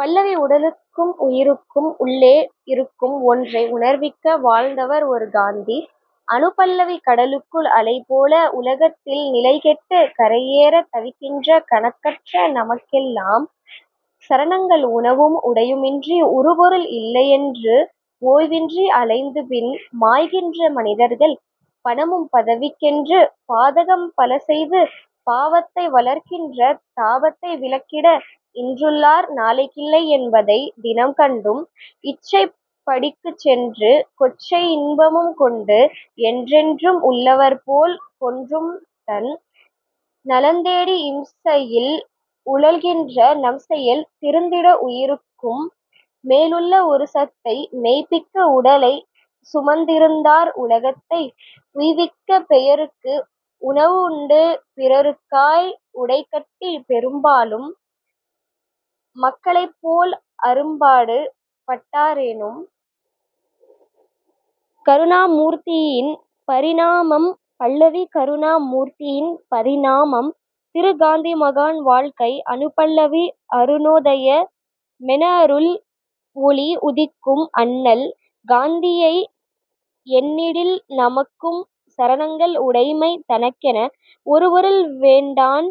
பல்லவி உடலுக்கும் உயிருக்கும் உள்ளே இருக்கும் ஒன்றை உணர்விக்க வாழ்ந்தவர் ஒரு காந்தி அநுபல்லவி கடலுக்குள் அலைபோல உலகத்தில் நிலைகெட்டுக் கரையேறத் தவிக்கின்ற கணக்கற்ற நமக்கெல்லாம் சரணங்கள் உணவும் உடையுமின்றி உறுபொருள் இல்லையென்று ஓய்வின்றி அலைந்துபின் மாய்கின்ற மனிதர்கள் பணமும் பதவிக்கென்று பாதகம் பலசெய்து பாவத்தை வளர்க்கின்ற தாபத்தை விலக்கிட இன்றுள்ளார் நாளைக்கில்லை என்பதைத் தினம்கண்டும் இச்சைப் படிக்குச்சென்று கொச்சை யின்பமும்கொண்டு என்றென்றும் உள்ளவர்போல் கொன்றும்தன் நலந்தேடி இம்சையில் உழல்கின்ற நம்செயல் திருந்திட உயிருக்கும் மேலுள்ள ஒருசத்தை மெய்ப்பிக்க உடலைச் சுமந்திருந்தார் உலகத்தை உய்விக்க பெயருக்கு உணவுண்டு பிறருக்காய் உடைகட்டிப் பெரும்பாலும் மக்களைப்போல் அரும்பாடு பட்டாரேனும். கருணாமூர்த்தியின் பரிணாமம் பல்லவி கருணா மூர்த்தியின் பரிணாமம் திரு காந்தி மகான் வாழ்க்கை அநுபல்லவி அருணோதய மெனஅருள் ஒளி உதிக்கும் அண்ணல் காந்தியை எண்ணிடில் நமக்கும் சரணங்கள் உடைமை தனக்கென ஒருபொருள் வேண்டான்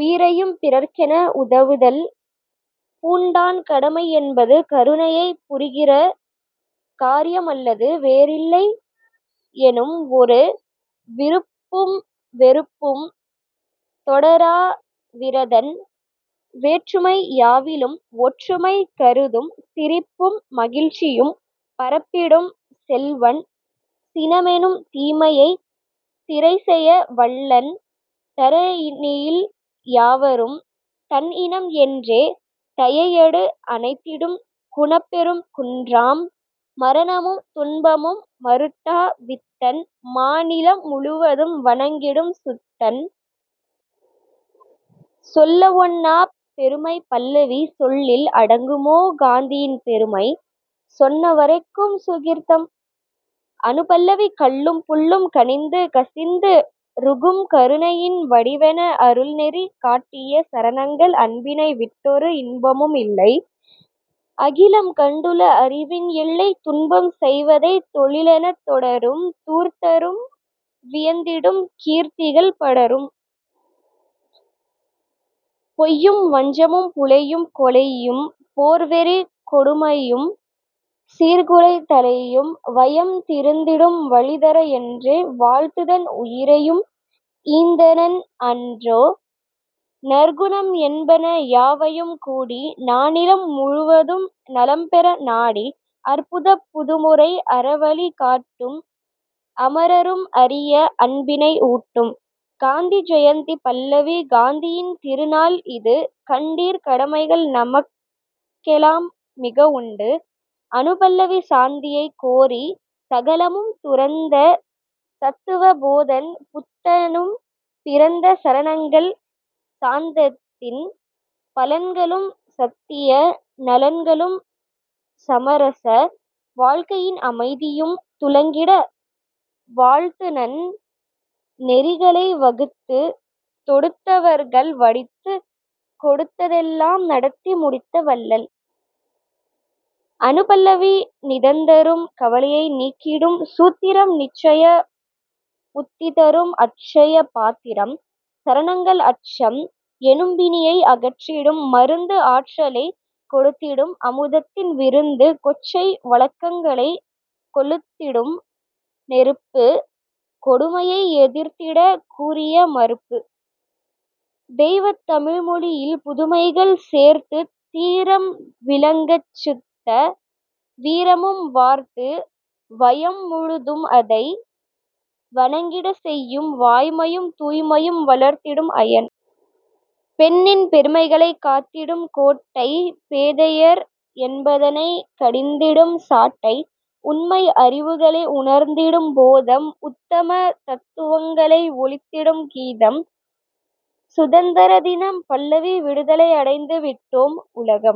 உயிரையும் பிறர்க்கென உதவுதல் பூண்டான் கடமை என்பது கருணையைப் புரிகிற காரியம் அல்லது வேறிலை எனும்ஒரு விருப்பும் வெறுப்பும் தொடரா விரதன் வேற்றுமை யாவிலும் ஒற்றுமை கருதும் சிரிப்பும் மகிழ்ச்சியும் பரப்பிடும் செல்வன் சினமெனும் தீமையைச் சிறைசெய வல்லன் தரணியில் யாவரும் தன்இனம் என்றே தயையடு அணைத்திடும் குணப்பெரும் குன்றாம் மரணமும் துன்பமும் மருட்டா வித்தன் மாநிலம் முழுவதும் வணங்கிடும் சுத்தன்.. சொல்லவொண்ணாப் பெருமை பல்லவி சொல்லில் அடங்குமோ காந்தியின் பெருமை? சொன்ன வரைக்கும் சுகிர்தம்? அநுபல்லவி கல்லும் புல்லும் கனிந்து கசிந்து ருகும் கருணையின் வடிவென அருள்நெறி காட்டிய சரணங்கள் அன்பினை விட்டொரு இன்பமும் இல்லை அகிலம் கண்டுள அறிவின் எல்லை துன்பம் செய்வதைத் தொழிலெனத் தொடரும் தூர்த்தரும் வியந்திடும் கீர்த்திகள் படரும். பொய்யும் வஞ்சமும் புலையும் கொலையும் போர்வெறிக் கொடுமையும் சீர்குலைந் தலையும் வையம் திருந்திடும் வழிதர என்றே வாழ்ந்துதன் உயிரையும் ஈந்தனன் அன்றோ! நற்குணம் என்பன யாவையும் கூடி நானிலம் முழுவதும் நலம்பெற நாடி அற்புதப் புதுமுறை அறவழி காட்டும் அமரரும் அறிய அன்பினை ஊட்டும்.. காந்தி ஜயந்தி பல்லவி காந்தியின் திருநாள் இது கண்டீர் கடமைகள் நமக்கெலாம் மிகஉண்டு அநுபல்லவி சாந்தியைக் கோரிச் சகலமும் துறந்த சத்துவ போதன் புத்தனும் பிறந்த சரணங்கள் சாந்தத்தின் பலன்களும் சத்திய நலன்களும் சமரச வாழ்க்கையின் அமைதியும் துலங்கிட வாழ்ந்துநன் னெறிகளை வகுத்துத் தொடுத்தவர்கள் வடித்துக் கொடுத்ததெல்லாம் நடத்தி முடித்த வள்ளல். அநுபல்லவி நிதந்தரும் கவலையை நீக்கிடும் சூத்திரம் நிச்சய புத்திதரும் அட்சய பாத்திரம் சரணங்கள் அச்சம் எனும்பிணியை அகற்றிடும் மருந்து ஆற்றலைக் கொடுத்திடும் அமுதத்தின் விருந்து கொச்சை வழக்கங்களைக் கொளுத்திடும் நெருப்பு கொடுமையை எதிர்த்திடக் கூரிய மறுப்பு! தெய்வத் தமிழ்மொழியில் புதுமைகள் சேர்த்துத் தீரம் விளங்கச்சுத்த வீரமும் வார்த்து வையம் முழுதும்அதை வணங்கிடச் செய்யும் வாய்மையும் தூய்மையும் வளர்த்திடும் ஐயன்! பெண்ணின் பெருமைகளைக் காத்திடும் கோட்டை பேதையர் என்பதனைக் கடிந்திடும் சாட்டை உண்மை அறிவுகளை உணர்ந்திடும் போதம் உத்தம தத்துவங்களை ஒலித்திடும் கீதம்!. சுதந்தர தினம் பல்லவி விடுதலை அடைந்து விட்டோம்--உலகம்